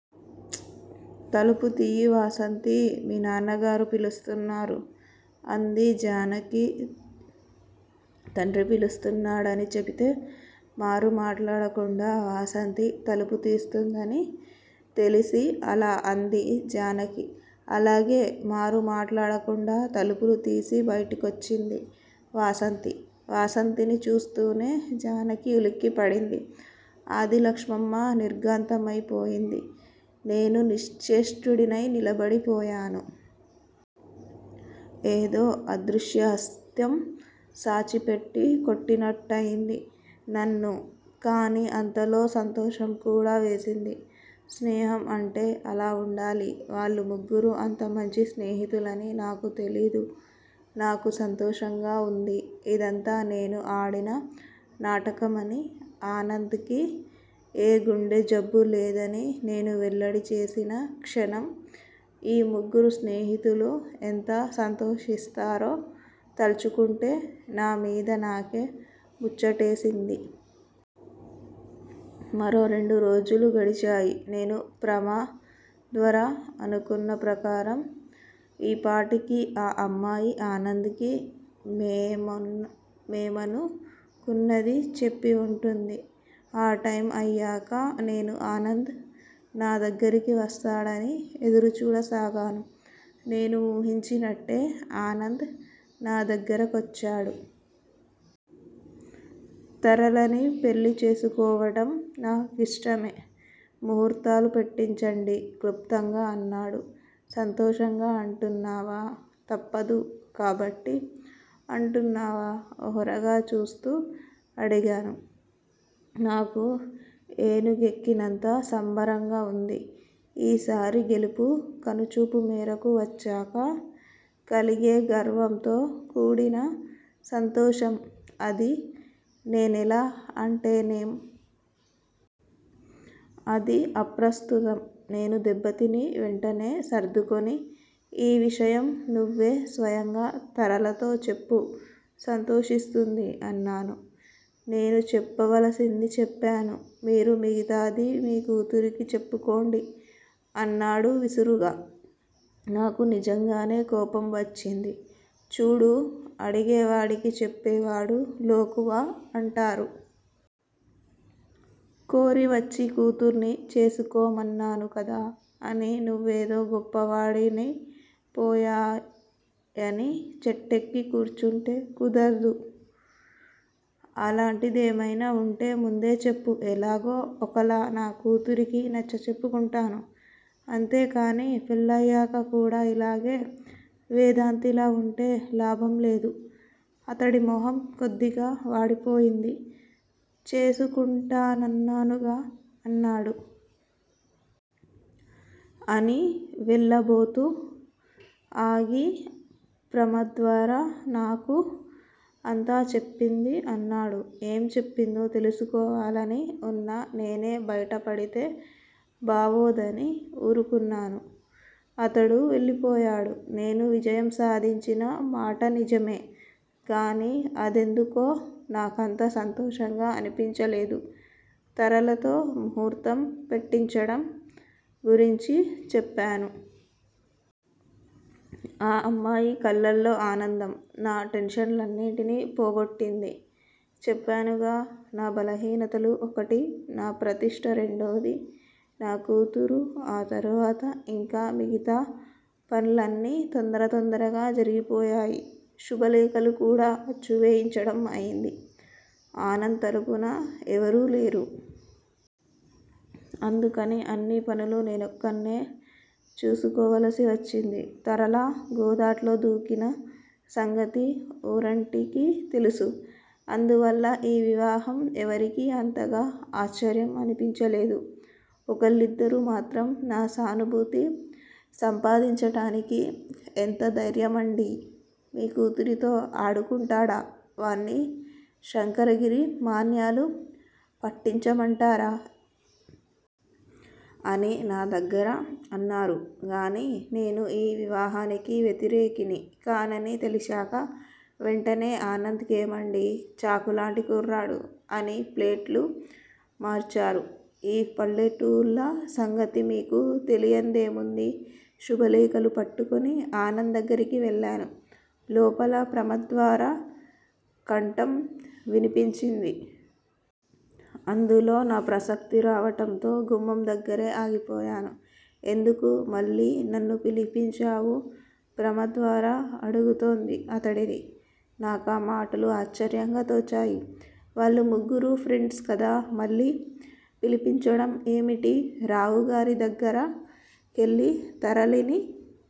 తలుపు తియ్యి వాసంతీ! మీ నాన్నగారు పిలుస్తున్నారు అంది జానకి. తండ్రి పిలుస్తున్నాడని చెపితే మారుమాట్లాడకుండా వాసంతి తలుపు తీస్తుందని తెలిసి అలా అంది జానకి. అలాగే మారు మాట్లాడకుండ తలుపులు తీసి బైటకొచ్చింది వాసంతి. వాసంతిని చూస్తూనే జానకి ఉలిక్కిపడింది. ఆదిలక్ష్మమ్మ నిర్ఘాంతమైపోయింది. నేను నిశ్చేష్టుడినై నిలబడి పోయాను. ఏదో అదృశ్య హస్తం సాచి పెట్టి కొట్టినట్టయింది నన్ను. కానీ అంతలో సంతోషం కూడా వేసింది. స్నేహం అంటే అలా వుండాలి. వాళ్ళు ముగ్గురూ అంత మంచి స్నేహితులని నాకు తెలీదు. నాకు సంతోషంగా వుంది. ఇదంతా నేను ఆడిన నాటకమనీ, ఆనంద్ కి ఏ గుండె జబ్బూ లేదని నేను వెల్లడి చేసిన క్షణం ఈ ముగ్గురు స్నేహితులూ ఎంత సంతోషిస్తారో తల్చుకుంటే నా మీద నాకే ముచ్చటేసింది. మరో రెండు రోజులు గడిచాయి. నేనూ ప్రమద్వరా అనుకున్న ప్రకారం ఈ పాటికి ఆ అమ్మాయి ఆనంద్ కి మేమనుకున్నది చెప్పి వుంటుంది. ఆ టైమ్ అయ్యాక నేను ఆనంద్ నా దగ్గిరకి వస్తాడని ఎదురు చూడసాగాను. నేను వూహించినట్టే ఆనంద్ నా దగ్గిర కొచ్చాడు. తరళని పెళ్ళి చేసుకోవటం నా కిష్టమే. ముహూర్తాలు పెట్టించండి క్లుప్తంగా అన్నాడు. సంతోషంగా అంటున్నావా? తప్పదు కాబట్టి అంటున్నావా? ఓరగా చూస్తూ అడిగాను. నాకు ఏనుగెక్కినంత సంబరంగా వుంది. ఒకసారి గెలుపు కనుచూపు మేరకు వచ్చాక కలిగే గర్వంతో కూడిన సంతోషం అది. నేనెలా అంటేనేం? అది అప్రస్తుతం. నేను దెబ్బతిని, వెంటనే సర్దుకుని, ఈ విషయం నువ్వే స్వయంగా తరళతో చెప్పు సంతోషిస్తుంది అన్నాను. నేను చెప్పవలసింది చెప్పాను. మీరు మిగతాది మీ కూతురికి చెప్పుకోండి అన్నాడు విసురుగా. నాకు నిజంగానే కోపం వచ్చింది. చూడూ! అడిగే వాడికి చెప్పేవాడు లోకువ అంటారు. కోరివచ్చి కూతుర్ని చేసుకోమన్నాను కదా అని నువ్వేదో గొప్పవాడినై పోయాయని చెట్టెక్కి కూర్చుంటే కుదర్దు. అలాంటిదేమైనా వుంటే ముందే చెప్పు ఎలాగో ఒకలా నా కూతురికి నచ్చ చెప్పుకుంటాను. అంతేకాని, పెళ్ళయ్యాక కూడా ఇలాగే వేదాంతిలా వుంటే లాభంలేదు. అతడి మొహం కొద్దిగా వాడిపోయింది. చేసుకుంటానన్నానుగా అన్నాడు. అని వెళ్ళ బోతూ ఆగి, ప్రమద్వర నాకు అంతా చెప్పింది అన్నాడు. ఏం చెప్పిందో తెలుసుకోవాలని వున్నా నేనే బయట పడితే బావోదని వూరుకున్నాను. అతడు వెళ్ళిపోయాడు. నేను విజయం సాధించిన మాట నిజమే గానీ, అదెందుకో నా కంత సంతోషంగా అనిపించలేదు. తరళతో ముహూర్తం పెట్టించటం గురించి చెప్పాను. ఆ అమ్మాయి కళ్ళలో ఆనందం- నా టెన్షన్లన్నిటినీ పోగొట్టింది. చెప్పానుగా నా బలహీనతలు ఒకటి నా ప్రతిష్ట రెండోది నా కూతురు. ఆ తరువాత ఇంకా మిగతా పన్లన్నీ తొందర తొందరగా జరిగిపోయాయి. శుభలేఖలు కూడా అచ్చు వేయించడం అయింది. ఆనంద్ తరఫున ఎవరూ లేరు. అందుకని అన్ని పనులూ నేనొక్కన్నే చూసుకోవలసి వచ్చింది. తరళ గోదాట్లో దూకిన సంగతి ఊరంటికీ తెలుసు. అందువల్ల ఈ వివాహం ఎవరికీ అంతగా ఆశ్చర్యం అనిపించలేదు. ఒకళ్ళిద్దరు మాత్రం నా సానుభూతి సంపాదించటానికి- ఎంత ధైర్యమండి, మీ కూతురితో ఆడుకుంటాడా- వాన్ని శంకరగిరి మాన్యాలు పట్టించమంటారా? అని నా దగ్గిర అన్నారు గానీ, నేను ఈ వివాహానికి వ్యతిరేకిని కానని తెలిశాక, వెంటనే ఆనంద్ కేమండీ? చాకులాంటి కుర్రాడు అని ప్లేటు మార్చారు. ఈ పల్లెటూళ్ళ సంగతి మీకు తెలియన్దేముంది? శుభలేఖలు పట్టుకుని ఆనంద్ దగ్గిరకి వెళ్ళాను. లోపల ప్రమద్వర కంఠం వినిపించింది. అందులో నా ప్రసక్తి రావటంతో గుమ్మం దగ్గిరే ఆగిపోయాను. ఎందుకు మళ్ళీ నన్ను పిలిపించావు? ప్రమద్వర అడుగుతోంది అతడిని. నాకా మాటలు ఆశ్చర్యంగా తోచాయి. వాళ్ళు ముగ్గురూ ఫ్రెండ్స్ కదా మళ్ళీ పిలిపించటం ఏమిటి? రావుగారి దగ్గిర కెళ్ళి తరళని